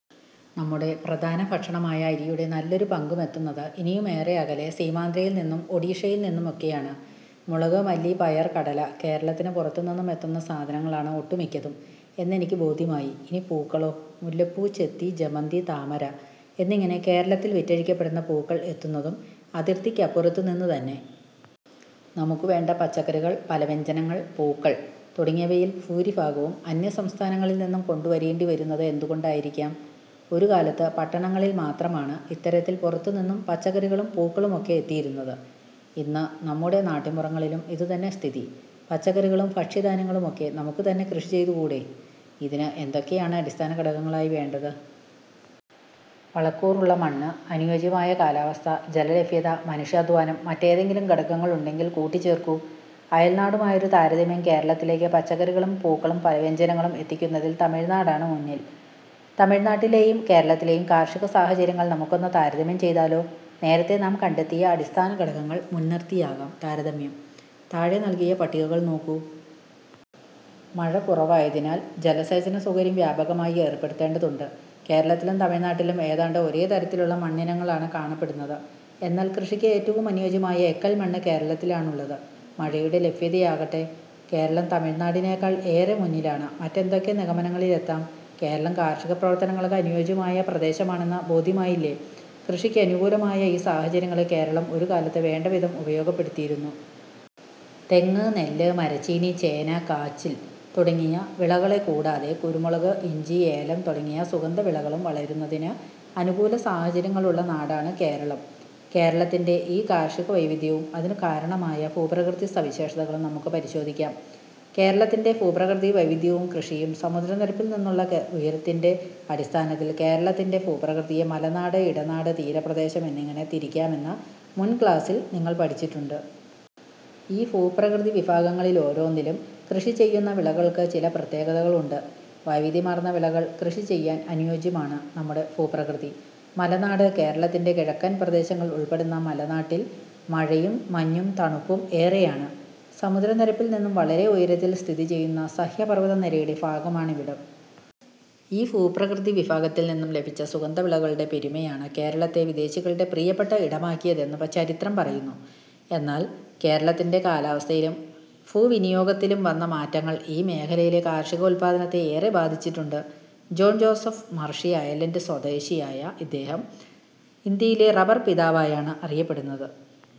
നമ്മുടെ പ്രധാനഭക്ഷണമായ അരിയുടെ നല്ലൊരു പങ്കുമെത്തുന്നത് ഇനിയു മേറെ അകലെ സീമാന്ധ്രയിൽ നിന്നും ഒഡിഷയിൽ നിന്നുമൊക്കെയാണ്. മുളക്, മല്ലി, പയർ, കടല... കേരളത്തിന് പുറത്തു നിന്നും എത്തുന്ന സാധനങ്ങളാണ് ഒട്ടുമിക്കതും എന്നെനിക്ക് ബോധ്യമായി. ഇനി പൂക്കളോ? മുല്ലപ്പൂ, ചെത്തി, ജമന്തി, താമര എന്നിങ്ങനെ കേരളത്തിൽ വിറ്റഴിക്കപ്പെടുന്ന പൂക്കൾ എത്തുന്നതും അതിർത്തിക്കപ്പുറത്തു നിന്നുതന്നെ. നമുക്ക് വേണ്ട പച്ചക്കറികൾ, പലവ്യഞ്ജനങ്ങൾ, പൂക്കൾ തുടങ്ങിയവയിൽ ഭൂരിഭാഗവും അന്യസംസ്ഥാനങ്ങളിൽ നിന്നും കൊണ്ടു വരേണ്ടിവരുന്നത് എന്തുകൊണ്ടായിരിക്കാം? ഒരു കാലത്ത് പട്ടണങ്ങളിൽ മാത്രമാണ് ഇത്തരത്തിൽ പുറത്തുനിന്നും പച്ചക്കറികളും പൂക്കളുമൊക്കെ എത്തിയിരുന്നത്. ഇന്ന് നമ്മുടെ നാട്ടിൻപുറങ്ങളിലും ഇതുതന്നെ സ്ഥിതി. പച്ചക്കറികളും ഭക്ഷ്യധാന്യങ്ങളുമൊക്കെ നമുക്ക് തന്നെ കൃഷി ചെയ്തുകൂടേ? ഇതിന് എന്തൊക്കെയാണ് അടിസ്ഥാനഘടകങ്ങളായി വേണ്ടത്? വളക്കൂറുള്ള മണ്ണ്, അനുയോജ്യമായ, കാലാവസ്ഥ, ജലലഭ്യത, മനുഷ്യാധ്വാനം മറ്റേതെങ്കിലും ഘടകങ്ങളുണ്ടങ്കിൽ കൂട്ടിച്ചേർക്കൂ. അയൽനാടുമായൊരു താരതമ്യം കേരളത്തിലേക്ക് പച്ചക്കറികളും പൂക്കളും പലവ്യഞ്ജനങ്ങളും എത്തിക്കുന്നതിൽ തമിഴ്നാടാണ് മുന്നിൽ. തമിഴ്നാട്ടിലെയും കേരളത്തിലെയും കാർഷിക സാഹചര്യങ്ങൾ നമുക്കൊന്ന് താരതമ്യം ചെയ്താലോ? നേരത്തെ നാം കണ്ടെത്തിയ അടിസ്ഥാനഘടകങ്ങൾ മുൻനിർത്തിയാകാം താരതമ്യം. താഴെ നൽകിയ പട്ടികകൾ നോക്കൂ. മഴ കുറവായതിനാൽ ജലസേചന സൗകര്യം വ്യാപകമായി ഏർപ്പെടുത്തേണ്ടതുണ്ട്. കേരളത്തിലും തമിഴ്നാട്ടിലും ഏതാണ്ട് ഒരേതരത്തിലുള്ള മണ്ണിനങ്ങളാണ് കാണപ്പെടുന്നത്. എന്നാൽ കൃഷിക്ക് ഏറ്റവും അനുയോജ്യമായ എക്കൽമണ്ണ് കേരളത്തിലാണുള്ളത്. മഴയുടെ ലഭ്യതയിലാകട്ടെ കേരളം തമിഴ്നാടിനേക്കാൾ ഏറെ മുന്നിലാണ്. മറ്റെന്തൊക്കെ നിഗമനങ്ങളിലെത്താം? കേരളം കാർഷിക പ്രവർത്തനങ്ങൾക്ക് അനുയോജ്യമായ പ്രദേശമാണെന്ന് ബോധ്യമായില്ലേ? കൃഷിക്കനുകൂലമായ ഈ സാഹചര്യങ്ങളെ കേരളം ഒരു കാലത്ത് വേണ്ടവിധം ഉപയോഗപ്പെടുത്തിയിരുന്നു. തെങ്ങ്, നെല്ല്, മരച്ചീനി, ചേന, കാച്ചിൽ തുടങ്ങിയ വിളകളെക്കൂടാതെ കുരുമുളക്, ഇഞ്ചി, ഏലം തുടങ്ങിയ സുഗന്ധവിളകളും വളരുന്നതിന് അനുകൂല സാഹചര്യങ്ങളുള്ള നാടാണ് കേരളം. കേരളത്തിന്റെ ഈ കാർഷികവൈവിധ്യവും അതിനു കാരണമായ ഭൂപ്രകൃതിസവിശേഷതകളും നമുക്ക് പരിശോധിക്കാം. കേരളത്തിന്റെ ഭൂപ്രകൃതി വൈവിധ്യവും കൃഷിയും സമുദ്രനിരപ്പിൽ നിന്നുള്ള ഉയരത്തിന്റെ അടിസ്ഥാനത്തിൽ കേരളത്തിന്റെ ഭൂപ്രകൃതിയെ മലനാട്, ഇടനാട്, തീരപ്രദേശം എന്നിങ്ങനെ തിരിക്കാമെന്ന് മുൻ ക്ലാസ്സിൽ നിങ്ങൾ പഠിച്ചിട്ടുണ്ട്. ഈ ഭൂപ്രകൃതി വിഭാഗങ്ങളോരോന്നിലും കൃഷി ചെയ്യുന്ന വിളകൾക്ക് ചില പ്രത്യേകതകളുണ്ട്. വൈവിധ്യമാർന്ന വിളകൾ കൃഷി ചെയ്യാൻ അനുയോജ്യമാണ് നമ്മുടെ ഭൂപ്രകൃതി. മലനാട് കേരളത്തിന്റെ കിഴക്കൻ പ്രദേശങ്ങൾ ഉൾപ്പെടുന്ന മല നാട്ടിൽ മഴയും മഞ്ഞും തണുപ്പും ഏറെയാണ്. സമുദ്ര നിരപ്പിൽ നിന്നും വളരെ ഉയരത്തിൽ സ്ഥിതി ചെയ്യുന്ന സഹ്യപർവ്വതനിരയുടെ ഭാഗമാണിവിടം. ഈ ഭൂപ്രകൃതി വിഭാഗത്തിൽ നിന്നും ലഭിച്ച സുഗന്ധ വിളകളുടെ പെരുമയാണ് കേരളത്തെ വിദേശികളുടെ പ്രിയപ്പെട്ട ഇടമാക്കിയതെന്ന് ചരിത്രം പറയുന്നു. എന്നാൽ കേരളത്തിന്റെ കാലാവസ്ഥയിലും ഭൂവിനിയോഗത്തിലും വന്ന മാറ്റങ്ങൾ ഈ മേഖലയിലെ കാർഷിക ഉല്പാദനത്തെ ഏറെ ബാധിച്ചിട്ടുണ്ട്. ജോൺ ജോസഫ് മർഷി അയർലന്റ് സ്വദേശിയായ ഇദ്ദേഹം ഇന്ത്യയിലെ റബർ പിതാവായാണ് അറിയപ്പെടുന്നത്.